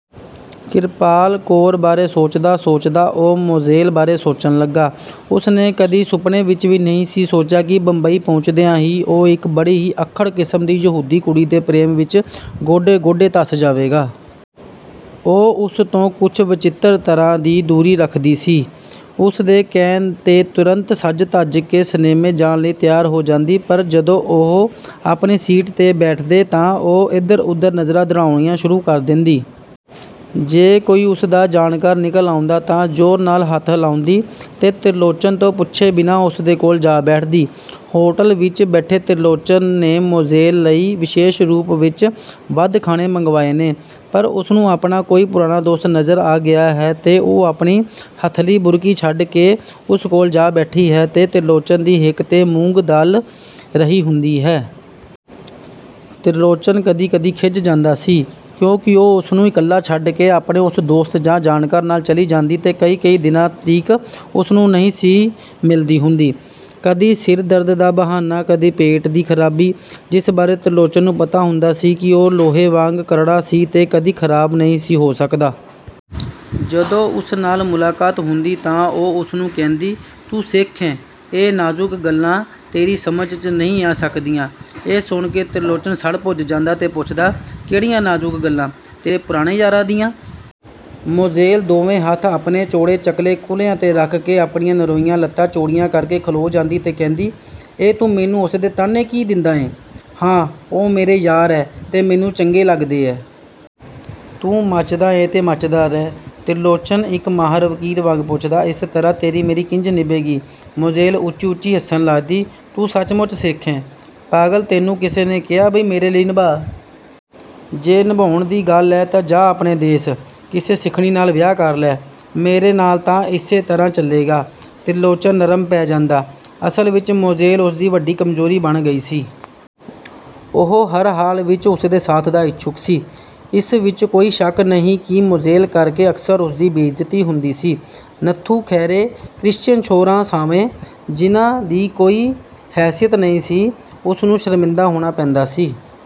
ਕਿਰਪਾਲ ਕੌਰ ਬਾਰੇ ਸੋਚਦਾ-ਸੋਚਦਾ ਉਹ ਮੋਜ਼ੇਲ ਬਾਰੇ ਸੋਚਣ ਲੱਗਾ। ਉਸਨੇ ਕਦੀ ਸੁਪਨੇ ਵਿਚ ਵੀ ਨਹੀਂ ਸੀ ਸੋਚਿਆ ਕਿ ਬੰਬਈ ਪਹੁੰਚਦਿਆਂ ਹੀ ਉਹ ਇਕ ਬੜੀ ਹੀ ਅੱਖੜ ਕਿਸਮ ਦੀ ਯਹੂਦੀ ਕੁੜੀ ਦੇ ਪ੍ਰੇਮ ਵਿਚ 'ਗੋਡੇ-ਗੋਡੇ' ਧਸ ਜਾਵੇਗਾ। ਉਹ ਉਸ ਤੋਂ ਕੁਛ ਵਚਿੱਤਰ ਤਰ੍ਹਾਂ ਦੀ ਦੂਰੀ ਰੱਖਦੀ ਸੀ। ਉਸਦੇ ਕਹਿਣ 'ਤੇ ਤੁਰੰਤ ਸਜ-ਧਜ ਕੇ ਸਿਨੇਮੇ ਜਾਣ ਲਈ ਤਿਆਰ ਹੋ ਜਾਂਦੀ, ਪਰ ਜਦੋਂ ਉਹ ਆਪਣੀ ਸੀਟ 'ਤੇ ਬੈਠਦੇ ਤਾਂ ਉਹ ਇਧਰ-ਉਧਰ ਨਜ਼ਰਾਂ ਦੌੜਾਉਣੀਆਂ ਸ਼ੁਰੂ ਕਰ ਦਿੰਦੀ। ਜੇ ਕੋਈ ਉਸਦਾ ਜਾਣਕਾਰ ਨਿਕਲ ਆਉਂਦਾ ਤਾਂ ਜ਼ੋਰ ਨਾਲ ਹੱਥ ਹਿਲਾਉਂਦੀ ਤੇ ਤਿਰਲੋਚਨ ਤੋਂ ਪੁੱਛੇ ਬਿਨਾਂ ਉਸਦੇ ਕੋਲ ਜਾ ਬੈਠਦੀ। ਹੋਟਲ ਵਿਚ ਬੈਠੇ ਤਿਰਲੋਚਨ ਨੇ ਮੋਜ਼ੇਲ ਲਈ ਵਿਸ਼ੇਸ਼ ਰੂਪ ਵਿਚ ਵੱਧ ਖਾਣੇ ਮੰਗਵਾਏ ਨੇ, ਪਰ ਉਸਨੂੰ ਆਪਣਾ ਕੋਈ ਪੁਰਾਣਾ ਦੋਸਤ ਨਜ਼ਰ ਆ ਗਿਆ ਹੈ ਤੇ ਉਹ ਆਪਣੀ ਹੱਥਲੀ ਬੁਰਕੀ ਛੱਡ ਕੇ ਉਸ ਕੋਲ ਜਾ ਬੈਠੀ ਹੈ ਤੇ ਤਿਰਲੋਚਨ ਦੀ ਹਿੱਕ 'ਤੇ ਮੂੰਗ ਦਲ ਰਹੀ ਹੁੰਦੀ ਹੈ। ਤਿਰਲੋਚਨ ਕਦੀ-ਕਦੀ ਖਿਝ ਜਾਂਦਾ ਸੀ, ਕਿਉਂਕਿ ਉਹ ਉਸਨੂੰ ਇਕੱਲਾ ਛੱਡ ਕੇ ਆਪਣੇ ਉਸ ਦੋਸਤ ਜਾਂ ਜਾਣਕਾਰ ਨਾਲ ਚਲੀ ਜਾਂਦੀ ਤੇ ਕਈ-ਕਈ ਦਿਨਾਂ ਤੀਕ ਉਸਨੂੰ ਨਹੀਂ ਸੀ ਮਿਲਦੀ ਹੁੰਦੀ। ਕਦੀ ਸਿਰ ਦਰਦ ਦਾ ਬਹਾਨਾ, ਕਦੀ ਪੇਟ ਦੀ ਖਰਾਬੀ, ਜਿਸ ਬਾਰੇ ਤਿਰਲੋਚਨ ਨੂੰ ਪਤਾ ਹੁੰਦਾ ਸੀ ਕਿ ਉਹ ਲੋਹੇ ਵਾਂਗ ਕਰੜਾ ਸੀ ਤੇ ਕਦੀ ਖਰਾਬ ਨਹੀਂ ਸੀ ਹੋ ਸਕਦਾ। ਜਦੋਂ ਉਸ ਨਾਲ ਮੁਲਾਕਾਤ ਹੁੰਦੀ ਤਾਂ ਉਹ ਉਸਨੂੰ ਕਹਿੰਦੀ, 'ਤੂੰ ਸਿੱਖ ਏਂ' ਇਹ ਨਾਜ਼ੁਕ ਗੱਲਾਂ ਤੇਰੀ ਸਮਝ 'ਚ ਨਹੀਂ ਆ ਸਕਦੀਆਂ। " ਇਹ ਸੁਣ ਕੇ ਤਿਰਲੋਚਨ ਸੜ-ਭੁੱਜ ਜਾਂਦਾ ਤੇ ਪੁੱਛਦਾ। "ਕਿਹੜੀਆਂ ਨਾਜ਼ੁਕ ਗੱਲਾਂ, ਤੇਰੇ ਪੁਰਾਣੇ ਯਾਰਾਂ ਦੀਆਂ? " ਮੋਜ਼ੇਲ ਦੋਵੇਂ ਹੱਥ ਆਪਣੇ ਚੌੜੇ-ਚਕਲੇ ਕੁਹਲਿਆਂ 'ਤੇ ਰੱਖ ਕੇ ਆਪਣੀਆਂ ਨਰੋਈਆਂ ਲੱਤਾਂ ਚੌੜੀਆਂ ਕਰਕੇ ਖਲੋਂ ਜਾਂਦੀ ਤੇ ਕਹਿੰਦੀ, "ਅਹਿ ਤੂੰ ਮੈਨੂੰ ਉਸਦੇ ਤਾਹਣੇ ਕੀ ਦਿੰਦਾ ਏਂ! ਹਾਂ, ਉਹ ਮੇਰੇ ਯਾਰ ਐ, ਤੇ ਮੈਨੂੰ ਚੰਗੇ ਲੱਗਦੇ ਐ। ਤੂੰ ਮੱਚਦਾ ਏਂ ਤੇ ਮੱਚਦਾ ਰਹਿ। "ਤਿਰਲੋਚਨ ਇਕ ਮਾਹਰ ਵਕੀਲ ਵਾਂਗ ਪੁੱਛਦਾ, "ਇਸ ਤਰ੍ਹਾਂ ਤੇਰੀ-ਮੇਰੀ ਕਿੰਜ ਨਿਭੇਗੀ? " ਮੋਜ਼ੇਲ ਉੱਚੀ-ਉੱਚੀ ਹੱਸਣ ਲੱਗਦੀ, "ਤੂੰ ਸੱਚਮੁੱਚ ਸਿੱਖ ਐਂ! ਪਾਗਲ, ਤੈਨੂੰ ਕਿਸੇ ਨੇ ਕਿਹੇ ਬਈ ਮੇਰੇ ਨਾਲ ਨਿਭਾਅ? ਜੇ ਨਿਭਾਉਣ ਦੀ ਗੱਲ ਐ ਤਾਂ ਜਾਹ ਆਪਣੇ ਦੇਸ। ਕਿਸੇ ਸਿੱਖਣੀ ਨਾਲ ਵਿਆਹ ਕਰ ਲੈ। ਮੇਰੇ ਨਾਲ ਤਾਂ ਇਸੇ ਤਰ੍ਹਾਂ ਚੱਲੇਗਾ। " ਤਿਰਲੋਚਨ ਨਰਮ ਪੈ ਜਾਂਦਾ। ਅਸਲ ਵਿਚ ਮੋਜ਼ੇਲ ਉਸਦੀ ਵੱਡੀ ਕਮਜ਼ੋਰੀ ਬਣ ਗਈ ਸੀ। ਉਹ ਹਰ ਹਾਲ ਵਿਚ ਉਸਦੇ ਸਾਥ ਦਾ ਇਛੁੱਕ ਸੀ। ਇਸ ਵਿਚ ਕੋਈ ਸ਼ੱਕ ਨਹੀਂ ਕਿ ਮੋਜ਼ੇਲ ਕਰਕੇ ਅਕਸਰ ਉਸਦੀ ਬੇਇੱਜ਼ਤੀ ਹੁੰਦੀ ਸੀ। ਨੱਥੂ ਖੈਰੇ ਕਰਿਸ਼ਚੀਅਨ ਛੋਹਰਾਂ ਸਾਹਵੇਂ ਜਿਹਨਾਂ ਦੀ ਕੋਈ ਹੈਸੀਅਤ ਨਹੀਂ ਸੀ, ਉਸਨੂੰ ਸ਼ਰਮਿੰਦਾ ਹੋਣਾ ਪੈਂਦਾ ਸੀ।